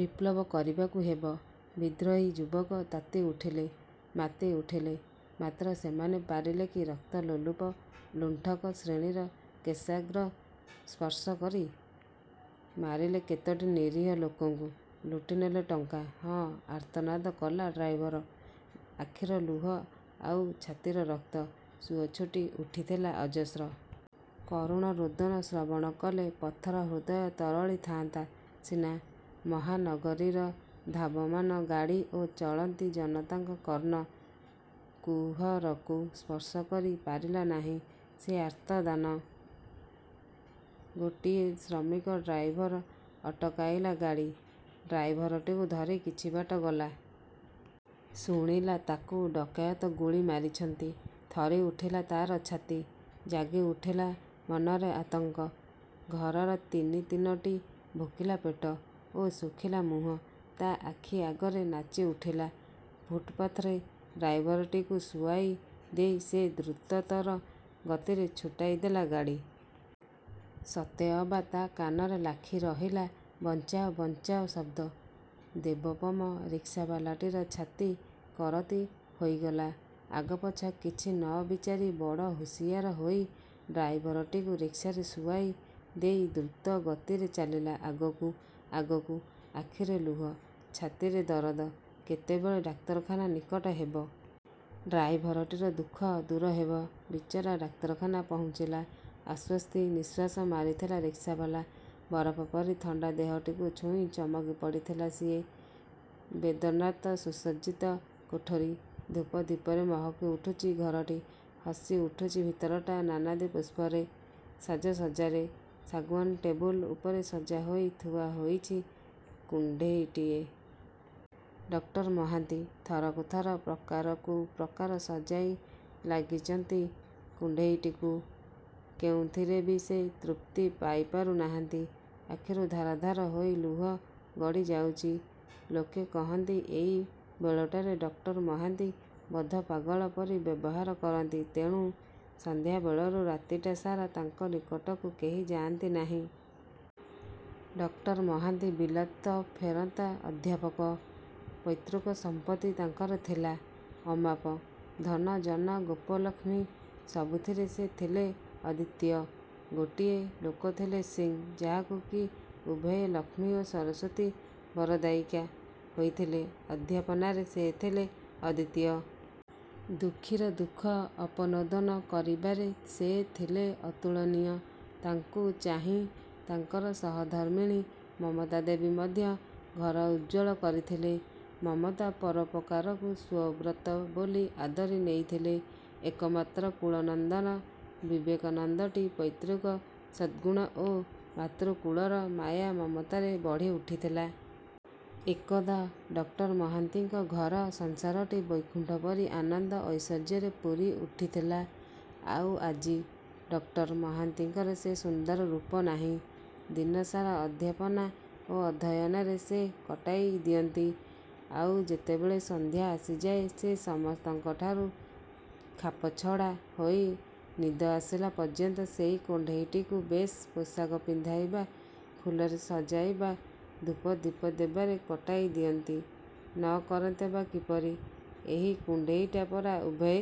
ବିପ୍ଳବ କରିବାକୁ ହେବ। ବିଦ୍ରୋହୀ ଯୁବକ ତାତି ଉଠିଲେ, ମାତି ଉଠିଲେ। ମାତ୍ର ସେମାନେ ପାରିଲେ କି ରକ୍ତ ଲୋଲୁପ, ଲୁଣ୍ଠକ ଶ୍ରେଣୀର କେଶାଗ୍ର ସ୍ପର୍ଶ କରି? ମାରିଲେ କେତୋଟି ନିରୀହ ଲୋକଙ୍କୁ, ଲୁଟିନେଲେ ଟଙ୍କା। ହଁ, ଆର୍ତ୍ତନାଦ କଲା ଡ୍ରାଇଭର। ଆଖିର ଲୁହ ଆଉ ଛାତିର ରକ୍ତ ସୁଅ ଛୁଟି ଉଠିଥିଲା ଅଜସ୍ର। କରୁଣ ରୋଦନ ଶ୍ରବଣ କଲେ ପଥର ହୃଦୟ ତରଳି ଥାଆନ୍ତା ସିନା; ମହାନଗରୀର ଧାବମାନ ଗାଡ଼ି ଓ ଚଳନ୍ତି ଜନତାଙ୍କ କର୍ଣ୍ଣ କୁହରକୁ ସ୍ପର୍ଶ କରି ପାରିଲା ନାହିଁ ସେ ଆର୍ତ୍ତଦାନ। ଗୋଟିଏ ଶ୍ରମିକ ଡ୍ରାଇଭର ଅଟକାଇଲା ଗାଡ଼ି। ଡ୍ରାଇଭରଟିକୁ ଧରି କିଛି ବାଟ ଗଲା। ଶୁଣିଲା ତାକୁ ଡକାୟତ ଗୁଳି ମାରିଚନ୍ତି। ଥରି ଉଠିଲା ତାର ଛାତି। ଜାଗି ଉଠିଲା ମନରେ ଆତଙ୍କ, ଘରର ତିନି ତିନୋଟି ଭୋକିଲା ପେଟ ଓ ଶୁଖିଲା ମୁହଁ ତା ଆଖି ଆଗରେ ନାଚିଉଠିଲା। ଫୁଟପାଥରେ ଡ୍ରାଇଭରଟିକୁ ଶୁଆଇ ଦେଇ ସେ ଦ୍ରୁତତର ଗତିରେ ଛୁଟାଇ ଦେଲା ଗାଡ଼ି। ସତେ ଅବା ତା କାନରେ ଲାଖି ରହିଲା 'ବଞ୍ଚାଓ' 'ବଞ୍ଚାଓ' ଶବ୍ଦ।। ଦେବୋପମ ରିକ୍ସାବାଲାଟିର ଛାତି କରତି ହୋଇଗଲା। ଆଗପଛ କିଛି ନ ବିଚାରି ବଡ଼ ହୁସିଆର ହୋଇ ଡ୍ରାଇଭରଟିକୁ ରିକ୍ସାରେ ଶୁଆଇ ଦେଇ ଦ୍ରୁତ ଗତିରେ ଚାଲିଲା ଆଗକୁ ଆଗକୁ। ଆଖିରେ ଲୁହ, ଛାତିରେ ଦରଦ, କେତେବେଳେ ଡାକ୍ତରଖାନା ନିକଟ ହେବ। ଡ୍ରାଇଭରଟିର ଦୁଃଖ ଦୂର ହେବ, ବିଚରା। ଡାକ୍ତରଖାନା ପହୁଞ୍ଚିଲା। ଆଶ୍ୱସ୍ତି ନିଶ୍ୱାସ ମାରିଥିଲା ରିକ୍ସାବାଲା, ବରଫ ପରି ଥଣ୍ତା ଦେହଟିକୁ ଛୁଇଁ ଚମକି ପଡ଼ିଥିଲା ସିଏ। ବେଦନାର୍ତ୍ତ ସୁସଜ୍ଜିତ କୋଠରୀ। ଧୂପ ଦୀପରେ ମହକିଉଠୁଚି ଘରଟି। ହସି ଉଠୁଚି ଭିତରଟା ନାନାଦି ପୁଷ୍ପର ସାଜସଜ୍ଜାରେ। ଶାଗୁଆନ ଟେବୁଲ ଉପରେ ସଜା ହୋଇ ଥୁଆ ହୋଇଚି କୁଣ୍ତେଇଟିଏ। ଡକ୍ଟର ମହାନ୍ତି ଥରକୁ ଥର ପ୍ରକାରକୁ ପ୍ରକାର ସଜାଇ ଲାଗିଚନ୍ତି କୁଣ୍ତେଇଟିକୁ, କେଉଁଥିରେ ବି ସେ ତୃପ୍ତି ପାଇପାରୁ ନାହାନ୍ତି। ଆଖିରୁ ଧାର ଧାର ହୋଇ ଲୁହ ଗଡ଼ିଯାଉଚି। ଲୋକେ କହନ୍ତି, ଏଇ ବେଳଟାରେ ଡକ୍ଟର ମହାନ୍ତି ବଦ୍ଧ ପାଗଳ ପରି ବ୍ୟବହାର କରନ୍ତି। ତେଣୁ ସନ୍ଧ୍ୟାବେଳରୁ ରାତିଟା ସାରା ତାଙ୍କ ନିକଟକୁ କେହି ଯାଆନ୍ତି ନାହିଁ। ଡକ୍ଟର ମହାନ୍ତି ବିଲାତ ଫେରନ୍ତା ଅଧ୍ୟାପକ। ପୈତୃକ ସମ୍ପତ୍ତି ତାଙ୍କର ଥିଲା ଅମାପ। ଧନ ଜନ, ଗୋପଲକ୍ଷ୍ମୀ ସବୁଥିରେ ସେ ଥିଲେ ଅଦ୍ୱିତୀୟ। ଗୋଟିଏ ଲୋକ ଥିଲେ ସିଂ, ଯାହାକୁ କି ଉଭୟେ ଲକ୍ଷ୍ମୀ ଓ ସରସ୍ୱତୀ ବରଦାୟିକା ହୋଇଥିଲେ। ଅଧ୍ୟାପନାରେ ସେ ଥିଲେ ଅଦ୍ୱିତୀୟ। ଦୁଃଖୀର ଦୁଃଖ ଅପନୋଦନ କରିବାରେ ସେ ଥିଲେ ଅତୁଳନୀୟ। ତାଙ୍କୁ ଚାହିଁ ତାଙ୍କର ସହଧର୍ମିଣୀ ମମତାଦେବୀ ମଧ୍ୟ ଘର ଉଜ୍ଜ୍ୱଳ କରିଥିଲେ। ମମତା ପରୋପକାରକୁ ସ୍ୱ ବ୍ରତ ବୋଲି ଆଦରି ନେଇଥିଲେ। ଏକମାତ୍ର କୁଳନନ୍ଦନ ବିବେକାନନ୍ଦଟି ପୈତୃକ ସଦ୍ଗୁଣ ଓ ମାତୃକୁଳର ମାୟା ମମତାରେ ବଢ଼ିଉଠିଥିଲା। ଏକଦା ଡକ୍ଟର ମହାନ୍ତିଙ୍କ ଘର ସଂସାରଟି ବୈକୁଣ୍ଠ ପରି ଆନନ୍ଦ ଐଶ୍ୱର୍ଯ୍ୟରେ ପୂରି ଉଠିଥିଲା। ଆଉ ଆଜି! ଡକ୍ଟର ମହାନ୍ତିଙ୍କର ସେ ସୁନ୍ଦର ରୂପ ନାହିଁ। ଦିନ ସାରା ଅଧ୍ୟାପନା ଓ ଅଧ୍ୟୟନରେ ସେ କଟାଇ ଦିଅନ୍ତି, ଆଉ ଯେତେବେଳେ ସଂଧ୍ୟା ଆସିଯାଏ, ସେ ସମସ୍ତଙ୍କଠାରୁ ଖାପଛଡ଼ା ହୋଇ ନିଦ ଆସିଲା ପର୍ଯ୍ୟନ୍ତ ସେଇ କୁଣ୍ତେଇଟିକୁ ବେଶ ପୋଷାକ ପିନ୍ଧାଇବା, ପୁଲରେ ସଜାଇବା, ଧୂପ ଦୀପ ଦେବାରେ କଟାଇ ଦିଅନ୍ତି। ନ କରନ୍ତେ ବା କିପରି? ଏହି କୁଣ୍ତେଇଟା ପରା ଉଭୟେ